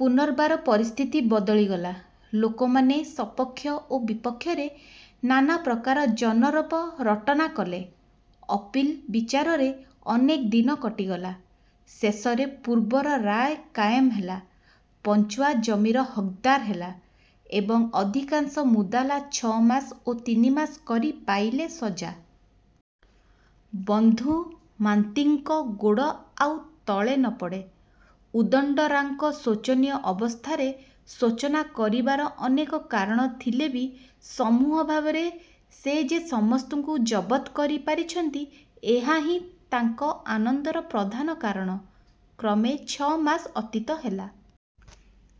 ପୁନର୍ବାର ପରିସ୍ଥିତି ବଦଳିଗଲା। ଲୋକମାନେ ସପକ୍ଷ ଓ ବିପକ୍ଷରେ ନାନାପ୍ରକାର ଜନରବ ରଟନା କଲେ। ଅପୀଲ ବିଚାରରେ ଅନେକ ଦିନ କଟିଗଲା। ଶେଷରେ ପୂର୍ବର ରାୟ କାଏମ ହେଲା। ପଞ୍ଚୁଆ ଜମିର ହକ୍ଦାର ହେଲା ଏବଂ ଅଧିକାଂଶ ମୁଦାଲା ଛ' ମାସ ଓ ତିନିମାସ କରି ପାଇଲେ ସଜା। ବନ୍ଧୁ। ମାନ୍ତିଙ୍କ ଗୋଡ଼ ଆଉ ତଳେ ନ ପଡ଼େ। ଉଦଣ୍ଡରା'ଙ୍କ ଶୋଚନୀୟ ଅବସ୍ଥାରେ ଶୋଚନା କରିବାର ଅନେକ କାରଣ ଥିଲେ ବି ସମୂହ ଭାବରେ ସେ ଯେ ସମସ୍ତଙ୍କୁ ଜବତ୍ କରି ପାରିଛନ୍ତି, ଏହାହିଁ ତାଙ୍କ ଆନନ୍ଦର ପ୍ରଧାନ କାରଣ। କ୍ରମେ ଛମାସ ଅତୀତ ହେଲା।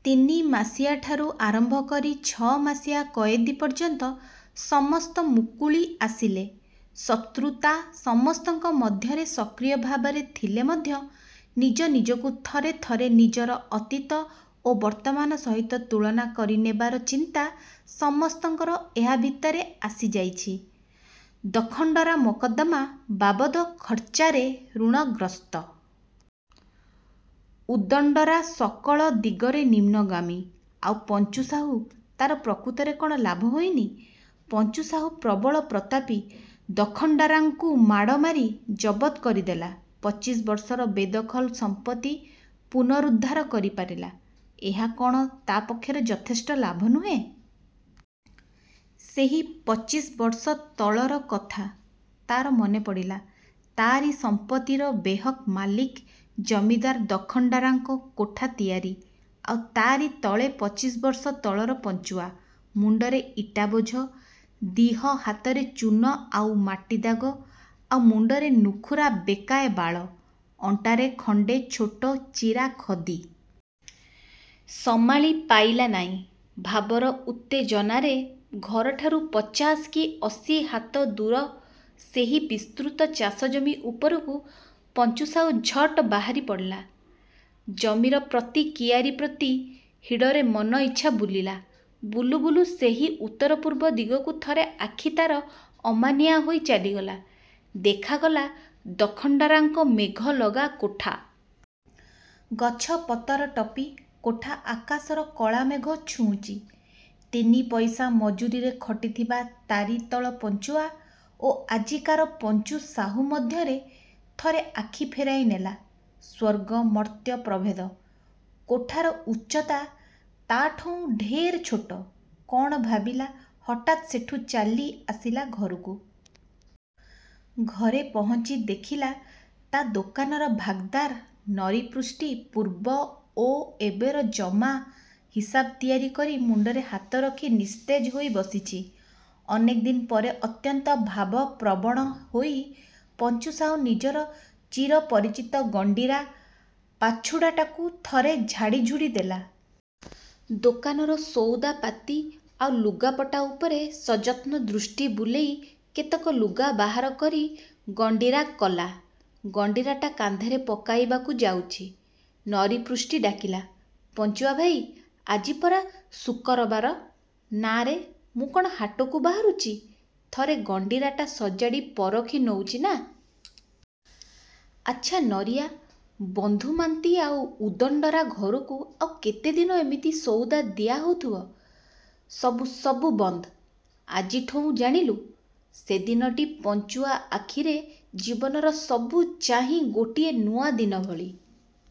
ତିନିମାସିଆଠାରୁ ଆରମ୍ଭ କରି ଛ'ମାସିଆ କୟଦୀ ପର୍ଯ୍ୟନ୍ତ ସମସ୍ତ ମୁକୁଳି ଆସିଲେ। ଶତ୍ରୁତା ସମସ୍ତଙ୍କ ମଧ୍ୟରେ ସକ୍ରିୟ ଭାବରେ ଥିଲେ ମଧ୍ୟ ନିଜନିଜକୁ ଥରେଥରେ ନିଜର ଅତୀତ ଓ ବର୍ତ୍ତମାନ ସହିତ ତୁଳନା କରି ନେବାର ଚିନ୍ତା ସମସ୍ତଙ୍କର ଏହା ଭିତରେ ଆସି ଯାଇଚି। ଦଖଣ୍ଡରା' ମକଦ୍ଦମା ବାବଦ୍ ଖର୍ଚ୍ଚାରେ ଋଣଗ୍ରସ୍ତ। ଉଦଣ୍ଡରା' ସକଳ ଦିଗରେ ନିମ୍ନଗାମୀ। ଆଉ ପଞ୍ଚୁ ସାହୁ, ତାର ପ୍ରକୃତରେ କଣ ଲାଭ ହୋଇନି? ପଞ୍ଚୁ ସାହୁ ପ୍ରବଳ ପ୍ରତାପୀ ଦଖଣ୍ଡରା'ଙ୍କୁ ମାଡ଼ମାରି ଜବତ କରିଦେଲା। ପଚିଶ ବର୍ଷର ବେଦଖଲ ସମ୍ପତ୍ତି ପୁନରୁଦ୍ଧାର କରିପାରିଲା। ଏହା କଣ ତା ପକ୍ଷରେ ଯଥେଷ୍ଟ ଲାଭ ନୁହେଁ? ସେହି ପଚିଶ ବର୍ଷ ତଳର କଥା ତାର ମନେପଡ଼ିଲା। ତାରି ସମ୍ପତ୍ତିର ବେହକ୍ ମାଲିକ ଜମିଦାର ଦଖଣ୍ଡରା'ଙ୍କ କୋଠା ତିଆରି, ଆଉ ତାରି ତଳେ ପଚିଶ ବର୍ଷ ତଳର ପଞ୍ଚୁଆ–ମୁଣ୍ଡରେ ଇଟା ବୋଝ, ଦିହ ହାତରେ ଚୂନ ଆଉ ମାଟି ଦାଗ, ଆଉ ମୁଣ୍ଡରେ ନୁଖୁରା ବେକାଏ ବାଳ, ଅଣ୍ଟାରେ ଖଣ୍ଡେ ଛୋଟ ଚିରା ଖଦୀ। ସମାଳି ପାଇଲା ନାଇଁ, ଭାବର ଉତ୍ତେଜନାରେ ଘରଠାରୁ ପଚାଶ କି ଅଶୀ ହାତ ଦୂର ସେହି ବିସ୍ତୃତ ଚାଷଜମି ଉପରକୁ ପଞ୍ଚୁ ସାହୁ ଝଟ ବାହାରି ପଡ଼ିଲା। ଜମିର ପ୍ରତି କିଆରି ପ୍ରତି ହିଡ଼ରେ ମନ ଇଚ୍ଛା ବୁଲିଲା। ବୁଲୁବୁଲୁ ସେହି ଉତ୍ତର-ପୂର୍ବ ଦିଗକୁ ଥରେ ଆଖି ତାର ଅମାନିଆ ହୋଇ ଚାଲିଗଲା–ଦେଖାଗଲା ଦଖଣ୍ଡରା'ଙ୍କ ମେଘଲଗା କୋଠା। ଗଛ ପତର ଟପି କୋଠା ଆକାଶର କଳାମେଘ ଛୁଉଁଚି। ତିନିପଇସା ମଜୁରିରେ ଖଟିଥିବା ତାରି ତଳ ପଞ୍ଚୁଆ ଓ ଆଜିକାର ପଞ୍ଚୁ ସାହୁ ମଧ୍ୟରେ ଥରେ ଆଖି ଫେରାଇ ନେଲା–ସ୍ଵର୍ଗ, ମର୍ତ୍ତ୍ୟ ପ୍ରଭେଦ। କୋଠାର ଉଚ୍ଚତା ତା ଠଉଁ ଢେର ଛୋଟ। କଣ ଭାବିଲା, ହଠାତ୍ ସେଠୁ ଚାଲି ଆସିଲା ଘରକୁ। ଘରେ ପହଞ୍ଚି ଦେଖିଲା ତା ଦୋକାନର ଭାଗଦାର ନରୀପୃଷ୍ଟି ପୂର୍ବ ଓ ଏବର ଜମା ହିସାବ ତିଆରି କରି ମୁଣ୍ଡରେ ହାତ ରଖି ନିସ୍ତେଜ ହୋଇ ବସିଚି। ଅନେକ ଦିନ ପରେ ଅତ୍ୟନ୍ତ ଭାବପ୍ରବଣ ହୋଇ ପଞ୍ଚୁସାହୁ ନିଜର ଚିରପରିଚିତ ଗଣ୍ଡିରା ପାଛୁଡ଼ାଟାକୁ ଥରେ ଝାଡ଼ିଝୁଡ଼ି ଦେଲା। ଦୋକାନର ସଉଦା ପାତି ଆଉ ଲୁଗାପଟା ଉପରେ ସଯତ୍ନ ଦୃଷ୍ଟି ବୁଲେଇ କେତେକ ଲୁଗା ବାହାର କରି ଗଣ୍ଡିରା କଲା। ଗଣ୍ଡିରାଟା କାନ୍ଧରେ ପକାଇବାକୁ ଯାଉଚି, ନରୀ ପୃଷ୍ଟି ଡାକିଲା–ପଞ୍ଚୁଆ ଭାଇ, ଆଜି ପରା ଶୁକରବାର? –ନାଁରେ, ମୁଁ କଣ ହାଟକୁ ବାହାରୁଚି ଥରେ ଗଣ୍ଡିରାଟା ସଜାଡ଼ି ପରଖି ନଉଚି ନା।... ଆଚ୍ଛା ନରିଆ, ବନ୍ଧୁମା'ନ୍ତି ଆଉ ଉଦଣ୍ଡରା' ଘରକୁ ଆଉ କେତେଦିନ ଏମିତି ସଉଦା ଦିଆ ହଉଥିବ?... ସବୁ–ସବୁ ବନ୍ଦ ଆଜିଠଉଁ–ଜାଣିଲୁ–। ସେଦିନଟି ପଞ୍ଚୁଆ ଆଖିରେ ଜୀବନର ସବୁଚାହିଁ ଗୋଟିଏ ନୂଆ ଦିନଭଳି